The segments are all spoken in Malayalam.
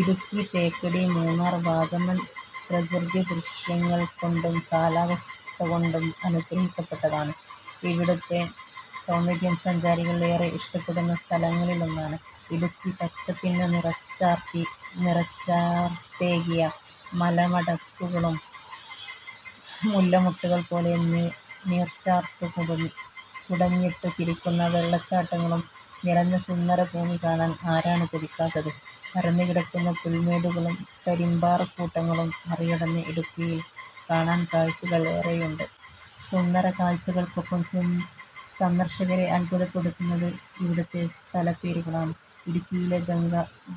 ഇടുക്കി, തേക്കടി, മൂന്നാർ, വാഗമൺ പ്രകൃതിദൃശ്യങ്ങൾകൊണ്ടും കാലാവസ്ഥകൊണ്ടും അനുഗ്രഹിക്കപ്പെട്ടതാണ് ഇവിടുത്തെ സൗന്ദര്യം. സഞ്ചാരികൾ ഏറെ ഇഷ്ടപ്പെടുന്ന സ്ഥലങ്ങളിലൊന്നാണ് ഇടുക്കി. പച്ചപ്പിനു നിറച്ചാർത്തേകിയ മലമടക്കുകളും മുല്ലമൊട്ടുകൾ പോലെ നീർച്ചാർത്തു കുടഞ്ഞിട്ടു ചിരിക്കുന്ന വെള്ളച്ചാട്ടങ്ങളും നിറഞ്ഞ സുന്ദരഭൂമി കാണാൻ ആരാണ് കൊതിക്കാത്തത്. പരന്നുകിടക്കുന്ന പുൽമേടുകളും കരിമ്പാറക്കൂട്ടങ്ങളും മറികടന്ന് ഇടുക്കിയിൽ കാണാൻ കാഴ്ചകൾ ഏറെയുണ്ട്. സുന്ദര കാഴ്ചകൾക്കൊപ്പം സന്ദർശകരെ അദ്ഭുതപ്പെടുത്തുന്നത് ഇവിടുത്തെ സ്ഥലപേരുകളാണ്. ഇടുക്കിയിലെ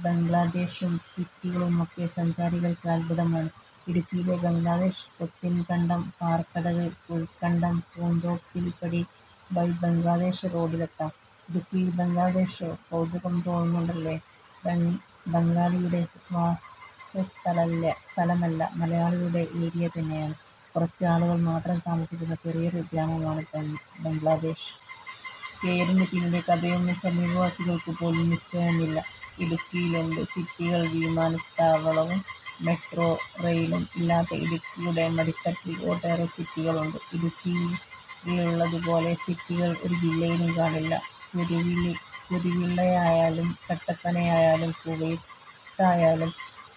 ബംഗ്ലദേശും സിറ്റികളുമൊക്കെ സഞ്ചാരികൾക്ക് അദ്ഭുതമാണ്. ഇടുക്കിയിലെ ബംഗ്ലദേശ്, പോത്തിൻകണ്ടം- പാറക്കടവ്- കുഴിക്കണ്ടം-പൂന്തോപ്പിൽപടി വഴി ബംഗ്ലദേശ് റോഡിലെത്താം. ഇടുക്കിയിൽ ബംഗ്ലദേശോ? കൗതുകം തോന്നുന്നുണ്ടല്ലേ? ബംഗാളിയുടെ വാസസ്ഥലമല്ല. മലയാളികളുടെ ഏരിയ തന്നെയാണ്. കുറച്ച് ആളുകൾ മാത്രം താമസിക്കുന്ന ചെറിയൊരു ഗ്രാമമാണ് ബംഗ്ലദേശ്. പേരിനു പിന്നിലെ കഥയൊന്നും സമീപവാസികൾക്കുപോലും നിശ്ചയമില്ല. ഇടുക്കിയിലുണ്ട് സിറ്റികൾ വിമാനത്താവളവും മെട്രോ റെയിലും ഇല്ലാത്ത ഇടുക്കിയുടെ മടിത്തട്ടിൽ ഒട്ടേറെ സിറ്റികളുണ്ട്. ഇടുക്കിയിലുള്ളതുപോലെ സിറ്റികൾ ഒരു ജില്ലയിലും കാണില്ല. കുരുവിളയായാലും കട്ടപ്പനയായാലും കുവൈത്തായാലും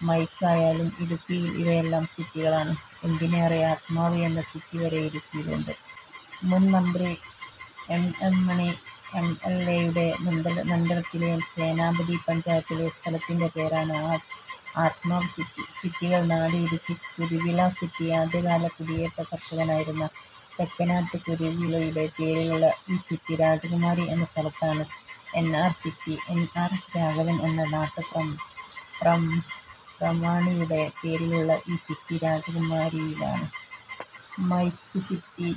മൈക്ക് ആയാലും ഇടുക്കിയിൽ ഇവയെല്ലാം സിറ്റികളാണ്. എന്തിനേറെ, ' ആത്മാവ് ' എന്ന സിറ്റി വരെ ഇടുക്കിയിലുണ്ട്. മുൻ മന്ത്രി എം. എം. മണി എംഎൽഎയുടെ മണ്ഡലത്തിലെ സേനാപതി പഞ്ചായത്തിലെ സ്ഥലത്തിന്റെ പേരാണ് ആത്മാവ്സിറ്റി. സിറ്റികൾ നാട് ഇടുക്കി കുരുവിള സിറ്റി: ആദ്യകാല കുടിയേറ്റ കർഷകനായിരുന്ന തെക്കനാട്ട് കുരുവിളയുടെ പേരിലുള്ള ഈ സിറ്റി രാജകുമാരി എന്ന സ്ഥലത്താണ്. NR city: N. R. Raghavan എന്ന നാട്ടുപ്രമാണിയുടെ പേരിലുള്ള ഈ സിറ്റിയും രാജകുമാരിയിലാണ്. മൈക്ക് സിറ്റി: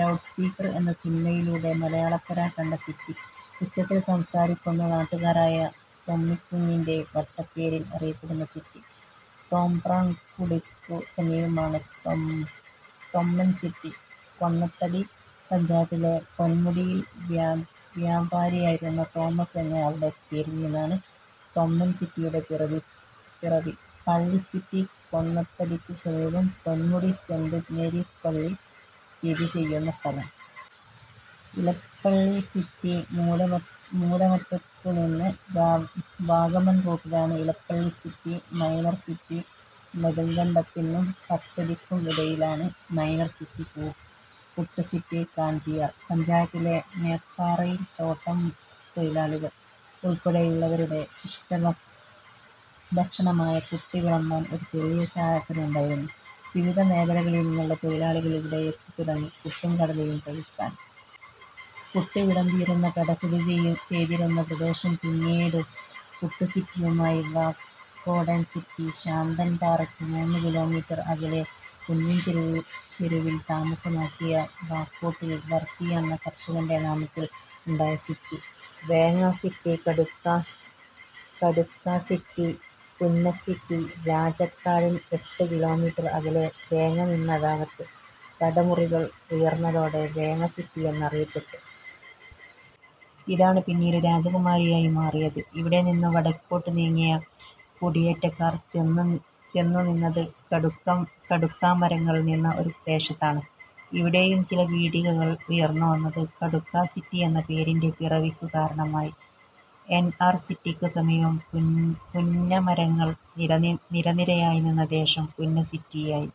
ലൗഡ്സ്പീക്കർ എന്ന സിനിമയിലൂടെ മലയാളക്കര കണ്ട സിറ്റി, ഉച്ചത്തിൽ സംസാരിക്കുന്ന നാട്ടുകാരനായ തൊമ്മിക്കുഞ്ഞിന്റെ വട്ടപ്പേരിൽ അറിയപ്പെടുന്ന സിറ്റി തോപ്രാംകുടിക്കു സമീപമാണ്. തൊമ്മൻ സിറ്റി: കൊന്നത്തടി പഞ്ചായത്തിലെ പൊന്മുടിയിൽ വ്യാപാരിയായിരുന്ന തോമസ് എന്നയാളുടെ പേരിൽ നിന്നാണ് തൊമ്മൻ സിറ്റിയുടെ പിറവി. പള്ളി സിറ്റി: കൊന്നത്തടിക്കു സമീപം പൊൻമുടി സെന്റ് മേരീസ് പള്ളി സ്ഥിതിചെയ്യുന്ന സ്ഥലം. ഇലപ്പള്ളി സിറ്റി: മൂലമറ്റത്തുനിന്ന് വാഗമൺ റൂട്ടിലാണ് ഇലപ്പള്ളി സിറ്റി. മൈനർ സിറ്റി: നെടുങ്കണ്ടത്തിനും പച്ചടിക്കും ഇടയിലാണ് minor city. Puttu city: Kanchiyar പഞ്ചായത്തിലെ മേപ്പാറയിൽ തോട്ടം തൊഴിലാളികൾ ഉൾപ്പെടെയുള്ളവരുടെ ഇഷ്ടഭക്ഷണമായ പുട്ട് വിളമ്പാൻ ഒരു ചെറിയ ചായക്കട ഉണ്ടായിരുന്നു. വിവിധ മേഖലകളിൽ നിന്നുള്ള തൊഴിലാളികൾ ഇവിടെ എത്തിത്തുടങ്ങി, പുട്ടും കടലയും കഴിക്കാൻ. പുട്ട് വിളമ്പിയിരുന്ന കട സ്ഥിതിചെയ്തിരുന്ന പ്രദേശം പിന്നീട് പുട്ടുസിറ്റിയായി. വാക്കോടൻ സിറ്റി: ശാന്തൻപാറയ്ക്ക് മൂന്നു കിലോമീറ്റർ അകലെ കുന്നിൻചെരുവിൽ താമസമാക്കിയ വാക്കോട്ടിൽ വർക്കി എന്ന കർഷകന്റെ നാമത്തിൽ ഉണ്ടായ city. Venga city, Kadukka city, Punna city: രാജാക്കാടിന് എട്ടു കിലോമീറ്റർ അകലെ വേങ്ങ നിന്ന ഭാഗത്ത് കടമുറികൾ ഉയർന്നതോടെ വേങ്ങ സിറ്റി എന്നറിയപ്പെട്ടു. ഇതാണ് പിന്നീട് രാജകുമാരിയായി മാറിയത്. ഇവിടെനിന്നു വടക്കോട്ടു നീങ്ങിയ കുടിയേറ്റക്കാർ ചെന്നുനിന്നത് കടുക്കാമരങ്ങൾ നിന്ന ഒരു ദേശത്താണ്. ഇവിടെയും ചില പീടികകൾ ഉയർന്നുവന്നത് കടുക്കാ സിറ്റിയെന്ന പേരിന്റെ പിറവിക്കു കാരണമായി. എൻആർ സിറ്റിക്കു സമീപം പുന്നമരങ്ങൾ നിരനിരയായി നിന്ന ദേശം പുന്ന സിറ്റിയായി.